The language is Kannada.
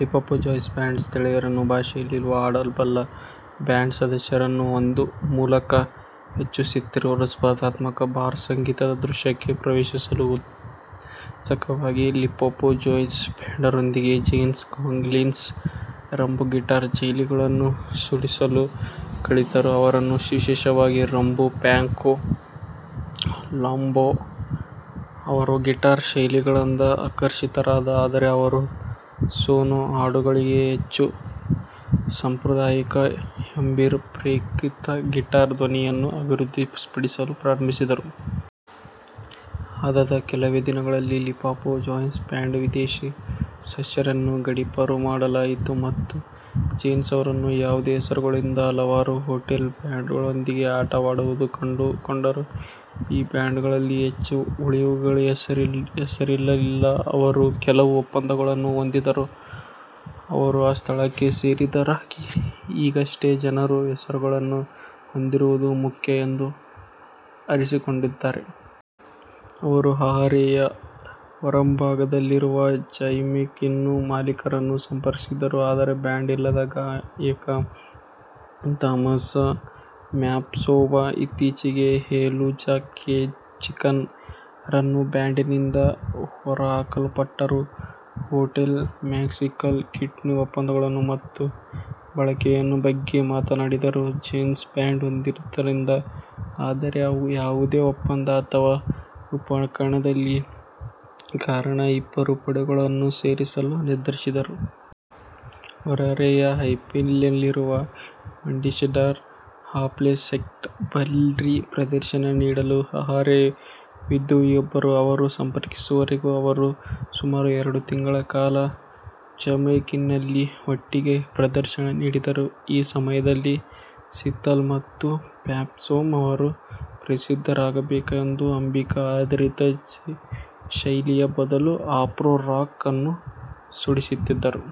ಲಿಪೊಪೊ ಜಾಝ್ ಬ್ಯಾಂಡ್ ಸ್ಥಳೀಯ ಭಾಷೆಗಳಲ್ಲಿ ಹಾಡಬಲ್ಲ ಬ್ಯಾಂಡ್ ಸದಸ್ಯರನ್ನು ಹೊಂದುವ ಮೂಲಕ ಹೆಚ್ಚುತ್ತಿರುವ ಸ್ಪರ್ಧಾತ್ಮಕ ಬಾರ್ ಸಂಗೀತದ ದೃಶ್ಯಕ್ಕೆ ಪ್ರವೇಶಿಸಲು ಉತ್ಸುಕವಾಗಿತ್ತು. ಲಿಂಪೋಪೋ ಜಾಝ್ ಬ್ಯಾಂಡ್ನೊಂದಿಗೆ, ಜೋನ್ನಾ ಕಾಂಗೋಲೀಸ್ ರುಂಬಾ ಗಿಟಾರ್ ಶೈಲಿಗಳನ್ನು ನುಡಿಸಲು ಕಲಿತರು. ಅವರು ವಿಶೇಷವಾಗಿ ರುಂಬಾ ಫ್ರಾಂಕೊ ಲುವಾಂಬೊ ಅವರ ಗಿಟಾರ್ ಶೈಲಿಗಳಿಂದ ಆಕರ್ಷಿತರಾದರು, ಆದರೆ ಅವರು ಶೋನಾ ಹಾಡುಗಳಿಗಾಗಿ ಹೆಚ್ಚು ಸಾಂಪ್ರದಾಯಿಕ ಎಂಬಿರಾ ಪ್ರೇರಿತ ಗಿಟಾರ್ ಧ್ವನಿಯನ್ನು ಅಭಿವೃದ್ಧಿಪಡಿಸಲು ಪ್ರಾರಂಭಿಸಿದರು. ಅದಾದ ಕೆಲವೇ ದಿನಗಳಲ್ಲಿ, ಲಿಪೊಪೊ ಜಾಝ್ ಬ್ಯಾಂಡ್ನ ವಿದೇಶಿ ಸದಸ್ಯರನ್ನು ಗಡೀಪಾರು ಮಾಡಲಾಯಿತು, ಮತ್ತು ಜೋನ್ನಾ ಅವರು ಯಾವುದೇ ಹೆಸರುಗಳಿಲ್ಲದ ಹಲವಾರು ಹೋಟೆಲ್ ಬ್ಯಾಂಡ್ಗಳೊಂದಿಗೆ ಆಟವಾಡುವುದನ್ನು ಕಂಡುಕೊಂಡರುಃ "ಈ ಬ್ಯಾಂಡ್ಗಳಲ್ಲಿ ಹೆಚ್ಚಿನವುಗಳಿಗೆ ಹೆಸರುಗಳಿರಲಿಲ್ಲ. ಅವರು ಕೇವಲ ಒಪ್ಪಂದಗಳನ್ನು ಹೊಂದಿದ್ದರು. ಅವರು ಆ ಸ್ಥಳಕ್ಕೆ ಸೇರಿದವರಾಗಿದ್ದರು. ಈಗಷ್ಟೇ ಜನರು ಹೆಸರುಗಳನ್ನು ಹೊಂದಿರುವುದು ಮುಖ್ಯ ಎಂದು ಅರಿತುಕೊಂಡಿದ್ದಾರೆ. ಅವರು ಹರಾರೆಯ ಹೊರಭಾಗದಲ್ಲಿರುವ ಜಮೈಕಾ ಇನ್ನ ಮಾಲೀಕರನ್ನು ಸಂಪರ್ಕಿಸಿದರು, ಆದರೆ ಬ್ಯಾಂಡ್ ಇಲ್ಲದ ಗಾಯಕ ಥಾಮಸ್ ಮ್ಯಾಪ್ಫುಮೊ, ಇತ್ತೀಚೆಗೆ ಹಾಲೆಲುಜಾ ಚಿಕನ್ ರನ್ ಬ್ಯಾಂಡ್ನಿಂದ ಹೊರಹಾಕಲ್ಪಟ್ಟರು, ಹೋಟೆಲ್ ಮ್ಯೂಸಿಕಲ್ ಕಿಟ್ನ ಒಪ್ಪಂದ ಮತ್ತು ಬಳಕೆಯ ಬಗ್ಗೆ ಮಾತನಾಡಿದರು. ಜೋನ್ನಾ ಬ್ಯಾಂಡ್ ಹೊಂದಿದ್ದರಿಂದ ಆದರೆ ಯಾವುದೇ ಒಪ್ಪಂದ ಅಥವಾ ಉಪಕರಣಗಳಿಲ್ಲದ ಕಾರಣ, ಇಬ್ಬರೂ ಪಡೆಗಳನ್ನು ಸೇರಲು ನಿರ್ಧರಿಸಿದರು. ಹರಾರೆಯ ಹೈಫೀಲ್ಡ್ನಲ್ಲಿರುವ ಮುಷಂಡಿರಾ ಪಾಮ್ವೆ ನೈಟ್ಕ್ಲಬ್ನಲ್ಲಿ ಪ್ರದರ್ಶನ ನೀಡಲು ಹರಾರೆ ಉದ್ಯಮಿಯೊಬ್ಬರು ಅವರನ್ನು ಸಂಪರ್ಕಿಸುವವರೆಗೂ ಅವರು ಸುಮಾರು ಎರಡು ತಿಂಗಳುಗಳ ಕಾಲ ಜಮೈಕಾ ಇನ್ ನಲ್ಲಿ ಒಟ್ಟಿಗೆ ಪ್ರದರ್ಶನ ನೀಡಿದರು. ಈ ಸಮಯದಲ್ಲಿ, ಸಿಥೋಲ್ ಮತ್ತು ಮ್ಯಾಪ್ಫುಮೊ ಅವರು ಪ್ರಸಿದ್ಧರಾಗಬೇಕಿದ್ದ ಎಂಬಿರಾ-ಆಧಾರಿತ ಶೈಲಿಯ ಬದಲು "ಆಫ್ರೋ-ರಾಕ್" ಅನ್ನು ನುಡಿಸುತ್ತಿದ್ದರು.